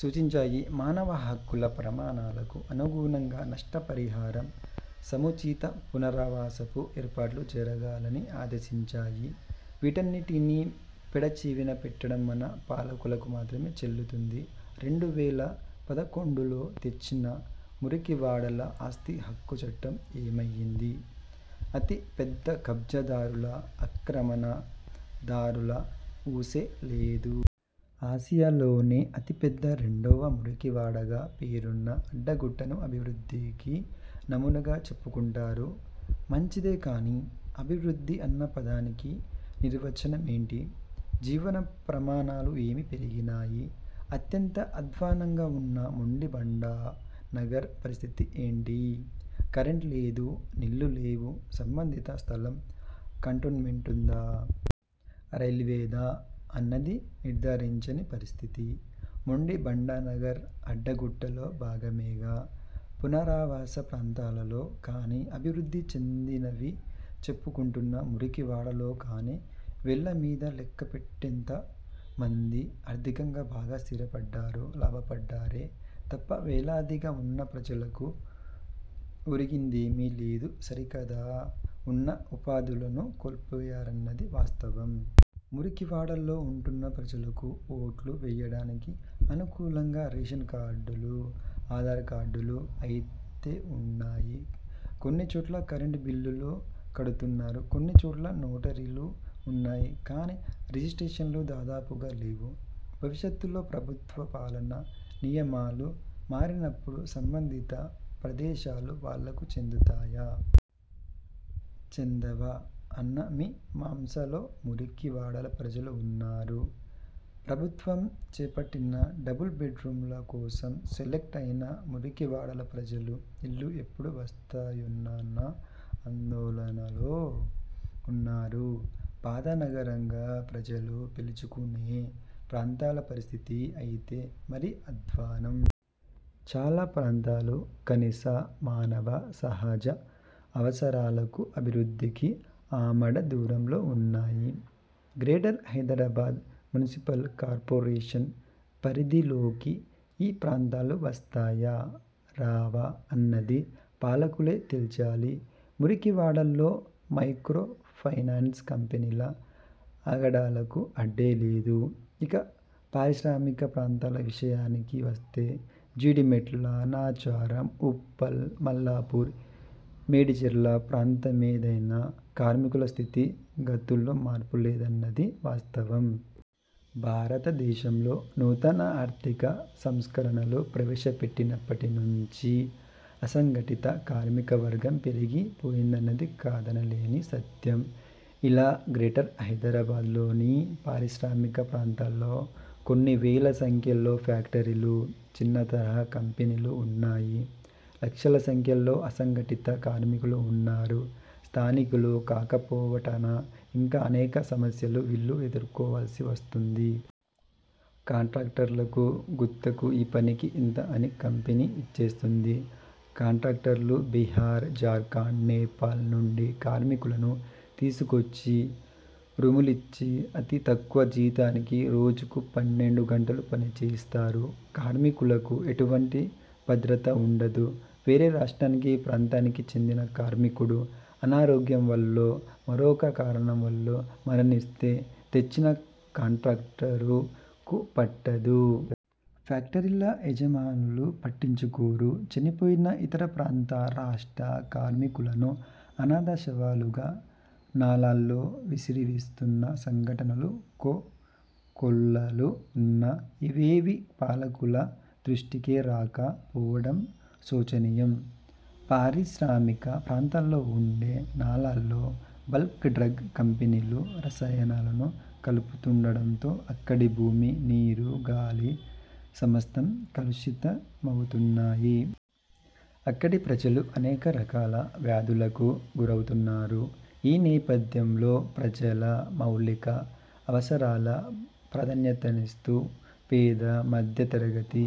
సూచించాయి. మానవ హక్కుల ప్రమాణాలకు అనుగుణంగా నష్ట పరిహారం, సముచిత పునరావాసపు ఏర్పాట్లు జరగాలని ఆదేశించాయి. వీటన్నింటినీ పెడ చెవిన పెట్టడం మన పాలకులకు మాత్రమే చెల్లుతుంది. రెండు వేల పదకొండులో తెచ్చిన మురికివాడల ఆస్తి హక్కు చట్టం ఏమయ్యింది? అతి పెద్ద కబ్జా దారుల, ఆక్రమణ దారుల ఊసే లేదు? ఆసియాలోనే అతి పెద్ద రెండవ మురికి వాడగా పేరున్న అడ్డగుట్టను అభివృద్ధికి నమూనాగా చెప్పుకుంటున్నారు. మంచిదే కానీ, అభివృద్ధి అన్న పదానికి నిర్వచనం ఏంటి? జీవన ప్రమాణాలు ఏంటి పెరిగినాయి? అత్యంత అధ్వానంగా ఉన్న మొండి బండా నగర్ పరిస్థితి ఏంటి? కరెంటు లేదు, నీళ్ళు లేవు, సంబంధిత స్థలం కంటోన్మెంటుదా? రైల్వేదా? అన్నది నిర్ధారించని పరిస్థితి. మొండి బండా నగర్ అడ్డ గుట్టలో భాగమేగా! పునరావాస ప్రాంతాలలో కానీ, అభివృద్ధి చెందినవని చెప్పుకుంటున్న మురికి వాడలలో కానీ వేళ్ళ మీద లెక్క పెట్టేటంత మంది ఆర్థికంగా బాగా స్థిర పడ్డారు, లాభపడ్డారే తప్ప వేలాదిగా ఉన్న ప్రజలకు ఒరిగిందేమీ లేదు సరి కదా ఉన్న ఉపాధులను కోల్పోయారన్నది వాస్తవం. మురికి వాడల్లో ఉంటున్న ప్రజలకు ఓట్లు వెయ్యటానికి అనుకూలంగా రేషన్ కార్డులు, ఆధార్ కార్డులు అయితే ఉన్నాయి. కొన్ని చోట్ల కరెంటు బిల్లులూ కడుతున్నారు! కొన్ని చోట్ల నోటరీలు ఉన్నాయి. కానీ రిజిస్ట్రేన్లు దాదాపుగా లేవు. భవిష్యత్లో ప్రభుత్వ పాలనా నియమాలు మారినప్పుడు సంబంధిత ప్రదేశాలు వాళ్ళకు చెందుతాయా? చెందవా? అన్న మీ మాంసలో మురికి వాడల ప్రజలు ఉన్నారు. ప్రభుత్వం చేపట్టిన డబల్ బెడ్ రూమ్ల కోసం సెలెక్ట్ అయిన మురికి వాడల ప్రజలు ఇళ్లు ఎప్పుడు వస్తాయోనన్న ఆందోళనలో ఉన్నారు. పాత నగరంగా ప్రజలు పిలుచుకునే ప్రాంతాల పరిస్థితి అయితే మరీ అధ్వానం. చాలా ప్రాంతాలు కనీస మానవ సహజ అవసరాలకు, అభివృద్ధికి ఆమడ దూరంలో ఉన్నాయి. గ్రేటర్ హైదరాబాద్ మున్సిపల్ కార్పొరేషన్ పరిధిలోకి ఈ ప్రాంతాలు వస్తాయా? రావా? అన్నది పాలకులే తేల్చాలి. మురికి వాడల్లో మైక్రో ఫైనాన్స్ కంపెనీల ఆగడాలకు అడ్డే లేదు. ఇక పారిశ్రామిక ప్రాంతాల విషయానికి వస్తే జీడిమెట్ల, నాచారం, ఉప్పల్, మల్లాపూర్, మేడిచెర్ల ప్రాంతమేదైనా కార్మికుల స్థితి గతుల్లో మార్పు లేదన్నది వాస్తవం. భారతదేశంలో నూతన ఆర్థిక సంస్కరణలు ప్రవేశ పెట్టినప్పటి నుంచీ అసంఘటిత కార్మికవర్గం పెరిగి పోయిందన్నది కాదనలేని సత్యం. ఇలా గ్రేటర్ హైదరాబాద్లోని పారిశ్రామిక ప్రాంతాల్లో కొన్ని వేల సంఖ్యలో ఫ్యాక్టరీలు, చిన్న తరహా కంపెనీలు ఉన్నాయి. లక్షల సంఖ్యలో అసంఘటిత కార్మికులు ఉన్నారు. స్థానికులు కాకపోవటాన ఇంకా అనేక సమస్యలను వీళ్ళు ఎదుర్కోవలసి వస్తోంది. కాంట్రాక్టర్లకు గుత్తకు ఈ పనికి ఇంత అని కంపెనీ ఇచ్చేస్తుంది. కాంట్రాక్టర్లు బిహార్, జార్ఖండ్, నేపాల్ నుండి కార్మికులను తీసుకొచ్చి రూములిచ్చి అతి తక్కువ జీతానికి రోజుకు పన్నెండు గంటలు పని చేయిస్తారు. కార్మికులకు ఎటువంటి భద్రతా ఉండదు. వేరే రాష్టానికి, ప్రాంతానికి చెందిన కార్మికుడు అనారోగ్యం వల్లో, మరొక కారణం వల్లో మరణిస్తే తెచ్చిన కాంట్రాక్టరు కు పట్టదు. ఫ్యాక్టరీల యజమానులు పట్టించుకోరు. చనిపోయిన ఇతర ప్రాంత, రాష్ట్ర కార్మికులను అనాథ శవాలుగా నాలాల్లో విసిరివేస్తున్న సంఘటనలు కో కొల్లలు ఉన్నా, ఇవేవీ పాలకుల దృష్టికే రాక పోవటం శోచనీయం. పారిశ్రామిక ప్రాంతాల్లో ఉండే నాలాల్లో బల్క్ డ్రగ్ కంపెనీలు రసాయనాలను కలుపుతుండడంతో అక్కడి భూమి, నీరు, గాలి సమస్తం కలుషిత మవుతున్నాయి. అక్కడి ప్రజలు అనేక రకాల వ్యాధులకు గురవుతున్నారు. ఈ నేపథ్యంలో ప్రజల మౌలిక అవసరాలకు ప్రాధాన్యతనిస్తూ, పేద, మధ్య తరగతి,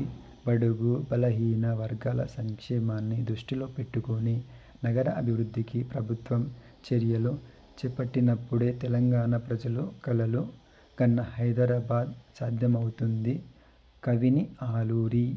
బడుగు, బలహీన వర్గాల సంక్షేమాన్ని దృష్టిలో పెట్టుకుని నగర అభివృద్ధికి ప్రభుత్వం చర్యలు చేపట్టినప్పుడే తెలంగాణ ప్రజలు కలలు గన్న హైదరాబాద్ సాధ్యమవుతుంది. కవిని ఆలూరి